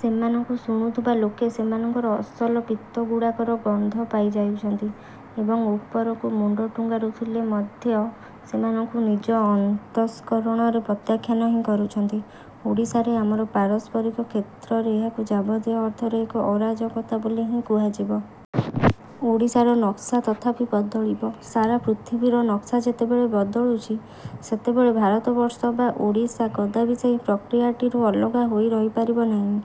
ସେମାନଙ୍କୁ ଶୁଣୁଥବା ଲୋକେ ସେମାନଙ୍କର ଅସଲ ପିତ୍ତ ଗୁଡ଼ାକର ଗନ୍ଧ ପାଇ ଯାଉଛନ୍ତି ଏବଂ ଉପରକୁ ମୁଣ୍ଡ ଟୁଙ୍ଗାରୁଥିଲେ ମଧ୍ୟ ସେମାନଙ୍କୁ ନିଜ ଅନ୍ତଃସ୍କରଣରେ ପ୍ରତ୍ୟାଖ୍ୟାନ ହିଁ କରୁଛନ୍ତି। ଓଡ଼ିଶାରେ ଆମର ପାରସ୍ପରିକ କ୍ଷେତ୍ରରେ ଏହାକୁ ଯାବତୀୟ ଅର୍ଥରେ ଏକ ଅରାଜକତା ବୋଲି ହିଁ କୁହାଯିବ। ଓଡ଼ିଶାର ନକ୍ସା ତଥାପି ବଦଳିବ। ସାରା ପୃଥିବୀର ନକ୍ସା ଯେତେବେଳେ ବଦଳୁଛି, ସେତେବେଳେ ଭାରତବର୍ଷ ବା ଓଡ଼ିଶା କଦାପି ସେହି ପ୍ରକ୍ରିୟାଟିରୁ ଅଲଗା ହୋଇ ରହିପାରିବ ନାହିଁ।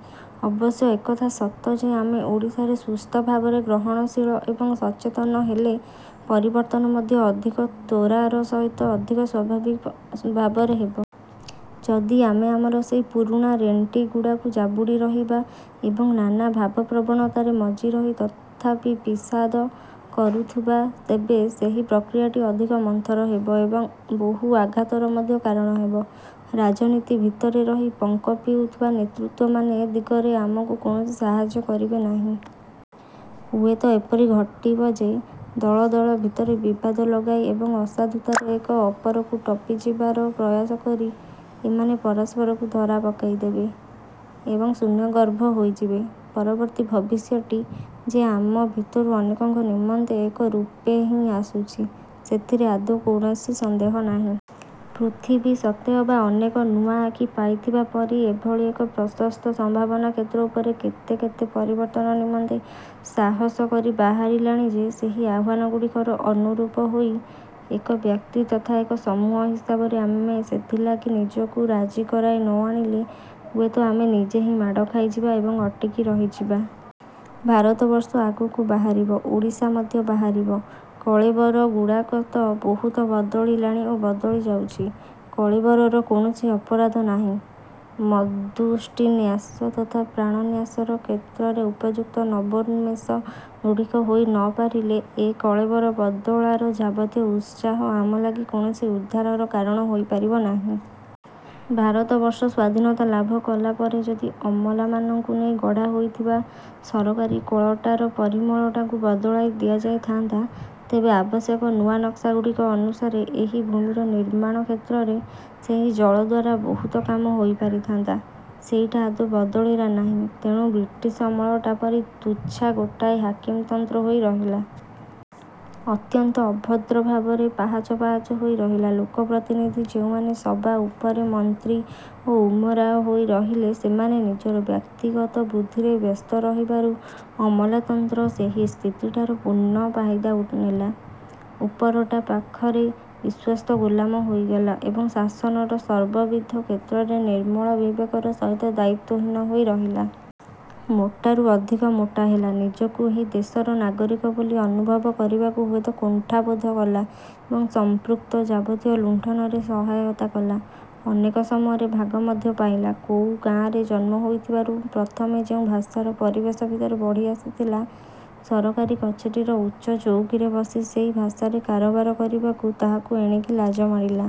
ଅବଶ୍ୟ ଏକଥା ସତ ଯେ ଆମେ ଓଡ଼ିଶାରେ ସୁସ୍ଥ ଭାବରେ ଗ୍ରହଣଶୀଳ ଏବଂ ସଚେତନ ହେଲେ ପରିବର୍ତ୍ତନ ମଧ୍ୟ ଅଧିକ ତ୍ୱରାର ସହିତ ଅଧିକ ସ୍ୱାଭାବିକ ଭାବରେ ହେବ। ଯଦି ଆମେ ଆମର ସେହି ପୁରୁଣା ରେଣ୍ଟିଗୁଡ଼ାକୁ ଯାବୁଡ଼ି ରହିବା ଏବଂ ନାନା ଭାବପ୍ରବଣତାରେ ମଜି ରହି ତଥାପି ଫିସାଦ କରୁଥିବା, ତେବେ ସେହି ପ୍ରକ୍ରିୟାଟି ଅଧିକ ମନ୍ଥର ହେବ ଏବଂ ବହୁ ଆଘାତର ମଧ୍ୟ କାରଣ ହେବ। ରାଜନୀତି ଭିତରେ ରହି ପଙ୍କ ପିଉଥିବା ନେତୃତ୍ୱମାନେ ଏ ଦିଗରେ ଆମକୁ କୌଣସି ସାହାଯ୍ୟ କରିବେ ନାହିଁ। ହୁଏତ ଏପରି ଘଟିବ ଯେ, ଦଳ ଦଳ ଭିତରେ ବିବାଦ ଲଗାଇ ଏବଂ ଅସାଧୁତାରେ ଏକ ଅପରକୁ ଟପିଯିବାର ପ୍ରୟାସ କରି ଏମାନେ ପରସ୍ପରକୁ ଧରା ପକାଇଦେବେ ଏବଂ ଶୂନ୍ୟଗର୍ଭ ହୋଇଯିବେ। ପରବର୍ତ୍ତୀ ଭବିଷ୍ୟଟି ଯେ ଆମ ଭିତରୁ ଅନେକଙ୍କ ନିମନ୍ତେ ଏକ ରୂପେ ହିଁ ଆସୁଛି, ସେଥିରେ ଆଦୌ କୌଣସି ସନ୍ଦେହ ନାହିଁ। ପୃଥିବୀ ସତେଅବା ଅନେକ ନୂଆ ଆଖି ପାଇଥିବା ପରି ଏଭଳି ଏକ ପ୍ରଶସ୍ତ ସମ୍ଭାବନାକ୍ଷେତ୍ର ଉପରେ କେତେ କେତେ ପରିବର୍ତ୍ତନ ନିମନ୍ତେ ସାହସ କରି ବାହାରିଲାଣି ଯେ, ସେହି ଆହ୍ୱାନ ଗୁଡ଼ିକର ଅନୁରୂପ ହୋଇ ଏକ ବ୍ୟକ୍ତି ତଥା ଏକ ସମୂହ ହିସାବରେ ଆମେ ସେଥିଲାଗି ନିଜକୁ ରାଜି କରାଇ ନ ଆଣିଲେ ହୁଏତ ଆମେ ନିଜେ ହିଁ ମାଡ଼ ଖାଇଯିବା ଏବଂ ଅଟକି ରହିଯିବା। ଭାରତବର୍ଷ ଆଗକୁ ବାହାରିବ। ଓଡ଼ିଶା ମଧ୍ୟ ବାହାରିବ। କଳେବରଗୁଡ଼ାକ ତ ବହୁତ ବଦଳିଲାଣି ଓ ବଦଳି ଯାଉଛି। କଳେବରର କୌଣସି ଅପରାଧ ନାହିଁ। ମତ୍ଦୃଷ୍ଟିନ୍ୟାସ ତଥା ପ୍ରାଣନ୍ୟାସର କ୍ଷେତ୍ରରେ ଉପଯୁକ୍ତ ନବୋନ୍ମେଷ ଗୁଡ଼ିକ ହୋଇ ନପାରିଲେ, ଏ କଳେବର ବଦଳାର ଯାବତୀୟ ଉତ୍ସାହ ଆମ ଲାଗି କୌଣସି ଉଦ୍ଧାରର କାରଣ ହୋଇପାରିବ ନାହିଁ। ଭାରତବର୍ଷ ସ୍ଵାଧୀନତା ଲାଭ କଲାପରେ ଯଦି ଅମଲାମାନଙ୍କୁ ନେଇ ଗଢ଼ା ହୋଇଥିବା ସରକାରୀ କଳଟାର ପରିମଳଟାକୁ ବଦଳାଇ ଦିଆଯାଇଥାନ୍ତା, ତେବେ ଆବଶ୍ୟକ ନୂଆ ନକ୍ସାଗୁଡ଼ିକ ଅନୁସାରେ ଏହି ଭୂମିର ନିର୍ମାଣ କ୍ଷେତ୍ରରେ ସେହି ଜଳ ଦ୍ଵାରା ବହୁତ କାମ ହୋଇପାରିଥାନ୍ତା। ସେଇଟା ଆଦୌ ବଦଳିଲା ନାହିଁ, ତେଣୁ ବ୍ରିଟିଶ୍ ଅମଳଟା ପରି ତୁଚ୍ଛା ଗୋଟାଏ ହାକିମତନ୍ତ୍ର ହୋଇ ରହିଲା। ଅତ୍ୟନ୍ତ ଅଭଦ୍ର ଭାବରେ ପାହାଚ ପାହାଚ ହୋଇ ରହିଲା। ଲୋକପ୍ରତିନିଧି ଯେଉଁମାନେ ସବା ଉପରେ ମନ୍ତ୍ରୀ ଓ ଉମରାଓ ହୋଇରହିଲେ, ସେମାନେ ନିଜର ବ୍ୟକ୍ତିଗତ ବୃଦ୍ଧିରେ ବ୍ୟସ୍ତ ରହିବାରୁ ଅମଲାତନ୍ତ୍ର ସେହି ସ୍ଥିତିଟାର ପୂର୍ଣ୍ଣ ଫାଇଦା ନେଲା। ଉପରଟା ପାଖରେ ବିଶ୍ୱସ୍ତ ଗୋଲାମ ହୋଇଗଲା ଏବଂ ଶାସନର ସର୍ବବିଧ କ୍ଷେତ୍ରରେ ନିର୍ମଳ ବିବେକର ସହିତ ଦାୟିତ୍ୱହୀନ ହୋଇରହିଲା। ମୋଟାରୁ ଅଧିକ ମୋଟା ହେଲା, ନିଜକୁ ଏହି ଦେଶର ନାଗରିକ ବୋଲି ଅନୁଭବ କରିବାକୁ ହୁଏତ କୁଣ୍ଠାବୋଧ କଲା ଏବଂ ସଂପୃକ୍ତ ଯାବତୀୟ ଲୁଣ୍ଠନରେ ସହାୟତା କଲା, ଅନେକ ସମୟରେ ଭାଗ ମଧ୍ୟ ପାଇଲା। କୋଉ ଗାଆଁରେ ଜନ୍ମ ହୋଇଥିବାରୁ ପ୍ରଥମେ ଯେଉଁ ଭାଷାର ପରିବେଶ ଭିତରେ ବଢ଼ି ଆସିଥିଲା, ସରକାରୀ କଚେରୀର ଉଚ୍ଚ ଚଉକୀରେ ବସି ସେହି ଭାଷାରେ କାରବାର କରିବାକୁ ତାହାକୁ ଏଣିକି ଲାଜ ମାଇଲା।